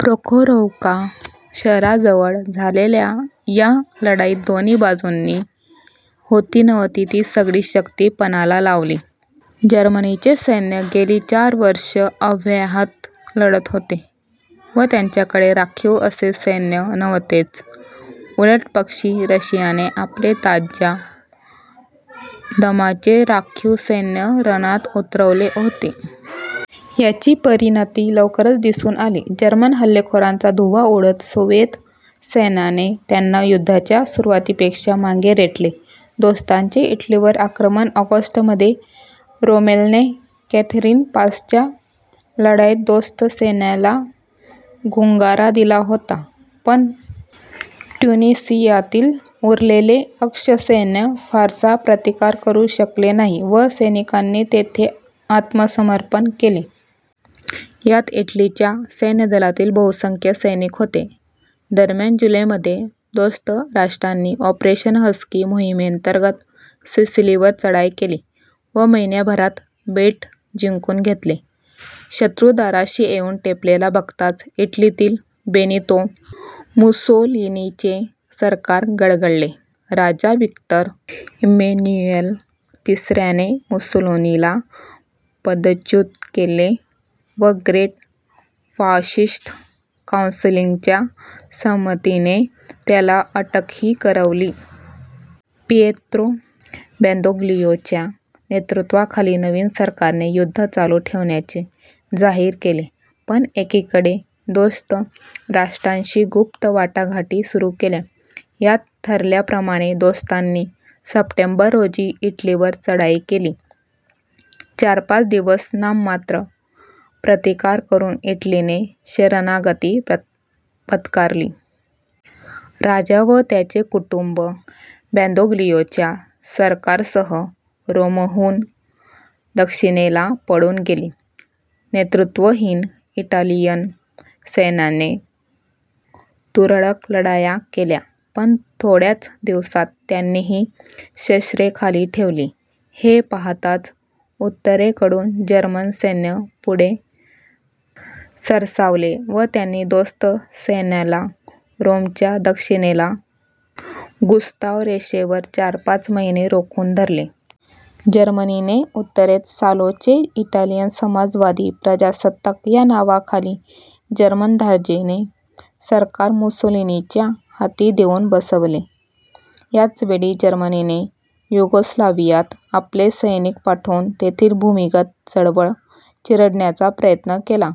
Prokhorovka शहराजवळ झालेल्या या लढाईत दोन्ही बाजूंनी होतीनव्हती ती सगळी शक्ती पणाला लावली. जर्मनीचे सैन्य गेली चार वर्षे अव्याहत लढत होते व त्यांच्याकडे राखीव असे सैन्य नव्हतेच. उलटपक्षी रशियाने आपले ताज्या दमाचे राखीव सैन्य रणात उतरवले होते. याची परिणती लवकरच दिसून आली. जर्मन हल्लेखोरांचा धुव्वा उडवत सोव्हिएत सैन्याने त्यांना युद्धाच्या सुरुवातीपेक्षा मागे रेटले. दोस्तांचे इटलीवर आक्रमण ऑगस्ट मध्ये रोमेलने कॅथेरीन पासच्या लढाईत दोस्त सैन्याला गुंगारा दिला होता पण ट्युनिसियातील उरलेले अक्ष सैन्य फारसा प्रतिकार करू शकले नाही व सैनिकांनी तेथे आत्मसमर्पण केले. यात इटलीच्या सैन्यदलातील बहुसंख्य सैनिक होते. दरम्यान जुलैमध्ये दोस्त राष्ट्रांनी ऑपरेशन हस्की मोहीमेंतर्गत सिसिलीवर चढाई केली व महिन्याभरात बेट जिंकून घेतले. शत्रु दाराशी येऊन ठेपलेला बघताच इटलीतील बेनितो मुसोलिनीचे सरकार गडगडले. राजा व्हिक्टर इम्मॅन्युएल तिसऱ्याने मुसोलिनीला पदच्युत केले व ग्रेट फाशिस्ट काउन्सिलच्या संमतीने त्याला अटकही करवली. पीयेत्रो बॅदोग्लियोच्या नेतृत्वाखालील नवीन सरकारने युद्ध चालू ठेवण्याचे जाहीर केले पण एकीकडे दोस्त राष्ट्रांशी गुप्त वाटाघाटी सुरू केल्या. यात ठरल्याप्रमाणे दोस्तांनी सप्टेंबर रोजी इटलीवर चढाई केली. चार-पाच दिवस नाममात्र प्रतिकार करून इटलीने शरणागती पत्करली. राजा व त्याचे कुटुंब बॅदोग्लियोच्या सरकारसह रोमहून दक्षिणेला पळून गेले. नेतृत्वहीन इटालियन सैन्याने तुरळक लढाया केल्या पण थोड्याच दिवसांत त्यांनीही शस्त्रे खाली ठेवली. हे पाहताच उत्तरेतून जर्मन सैन्य पुढे सरसावले व त्यांनी दोस्त सैन्याला रोमच्या दक्षिणेला गुस्ताव रेषेवर चार-पाच महिने रोखून धरले. जर्मनीने उत्तरेत सालोचे इटालियन समाजवादी प्रजासत्ताक या नावाखाली जर्मनधार्जिणे सरकार मुसोलिनीच्या हाती देऊन बसवले. याचवेळी जर्मनीने युगोस्लाव्हियात आपले सैनिक पाठवून तेथील भूमिगत चळवळ चिरडण्याचा प्रयत्न केला.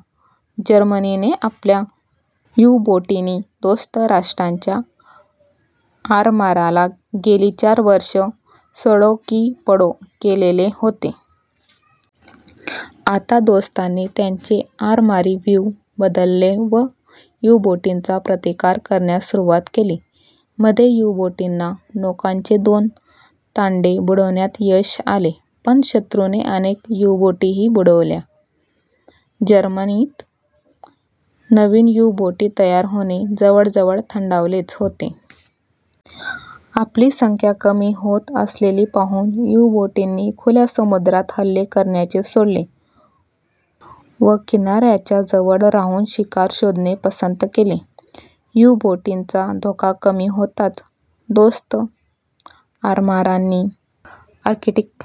जर्मनीने आपल्या यु-बोटींनी दोस्त राष्ट्रांच्या आरमाराला गेली चार वर्षे सळो की पळो केलेले होते. आता दोस्तांनी त्यांचे आरमारी व्यूह बदलले व यु-बोटींचा प्रतिकार करण्यास सुरुवात केली. मध्ये यु-बोटींना नौकांचे दोन तांडे बुडवण्यात यश आले पण शत्रूने अनेक यु-बोटीही बुडवल्या. जर्मनीत नवीन यु-बोटी तयार होणे जवळजवळ थंडावलेच होते. आपली संख्या कमी होत असलेली पाहून यु-बोटींनी खुल्या समुद्रात हल्ले करण्याचे सोडले व किनाराऱ्याच्या जवळ राहून शिकार शोधणे पसंत केले. यु-बोटींचा धोका कमी होताच दोस्त आरमारांनी आर्क्टिक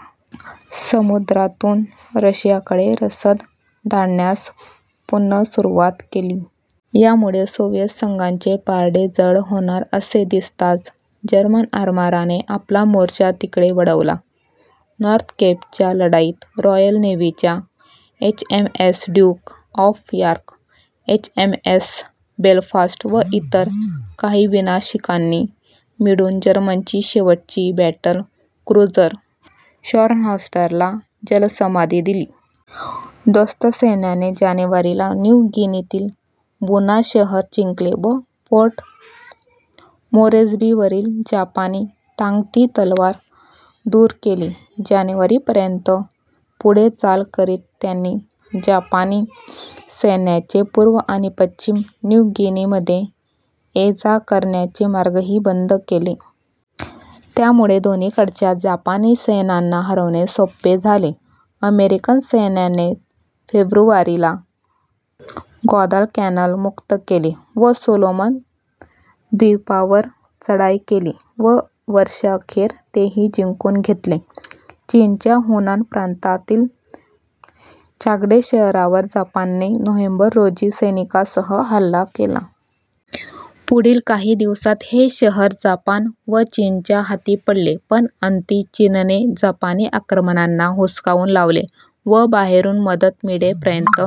समुद्रातून रशियाकडे रसद धाडण्यास पुनः सुरुवात केली. यामुळे सोव्हिएत संघाचे पारडे जड होणार असे दिसताच जर्मन आरमाराने आपला मोर्चा तिकडे वळवला. नॉर्थ केपच्या लढाईत रॉयल नेव्हीच्या H. M. S. Duke of York, H. M. S. Belfast व इतर काही विनाशिकांनी मिळून जर्मनीची शेवटची बॅटल क्रुझर शार्नहॉर्स्टला जलसमाधि दिली. दोस्त सैन्याने जानेवारी ला न्यू गिनीतील बुना शहर जिंकले व पोर्ट मोरेस्बीवरील जपानी टांगती तलवार दूर केली. जानेवारी पर्यंत पुढे चाल करीत त्यांनी जपानी सैन्याचे पूर्व आणि पश्चिम न्यू गिनीमध्ये ये-जा करण्याचे मार्गही बंद केले. त्यामुळे दोन्हीकडच्या जपानी सैन्यांना हरवणे सोपे झाले. अमेरिकन सैन्याने फेब्रुवारी ला ग्वादालकॅनाल मुक्त केले व सोलोमन द्वीपांवर चढाई केली व वर्षअखेर तेही जिंकून घेतले. चीनच्या हुनान प्रांतातील चांग्डे शहरावर जपानने नोव्हेंबर, रोजी सैनिकांसह हल्ला केला. पुढील काही दिवसांत हे शहर जपान व चीनच्या हाती पडले पण अंती चीनने जपानी आक्रमकांना हुसकावून लावले व बाहेरून मदत मिळेपर्यंत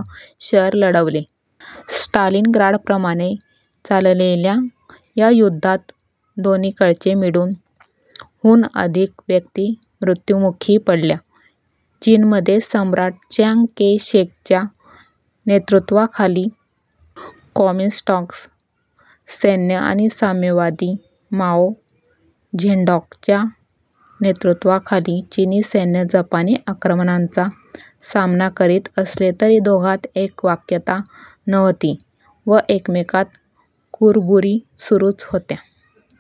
शहर लढवले. स्टालिनग्राडप्रमाणे चाललेल्या या युद्धात दोन्हीकडचे मिळून, हून अधिक व्यक्ती मृत्युमुखी पडल्या चीनमध्ये सम्राट च्यांग कै-शेकच्या नेतृत्वाखालील कॉमिन्टांग सैन्य आणि साम्यवादी माओ झेडॉॅंगच्या नेतृत्वाखालील चीनी सैन्य जपानी आक्रमणाचा सामना करीत असले तरी दोघांत एकवाक्यता नव्हती व एकमेकांत कुरबुरी सुरूच होत्या.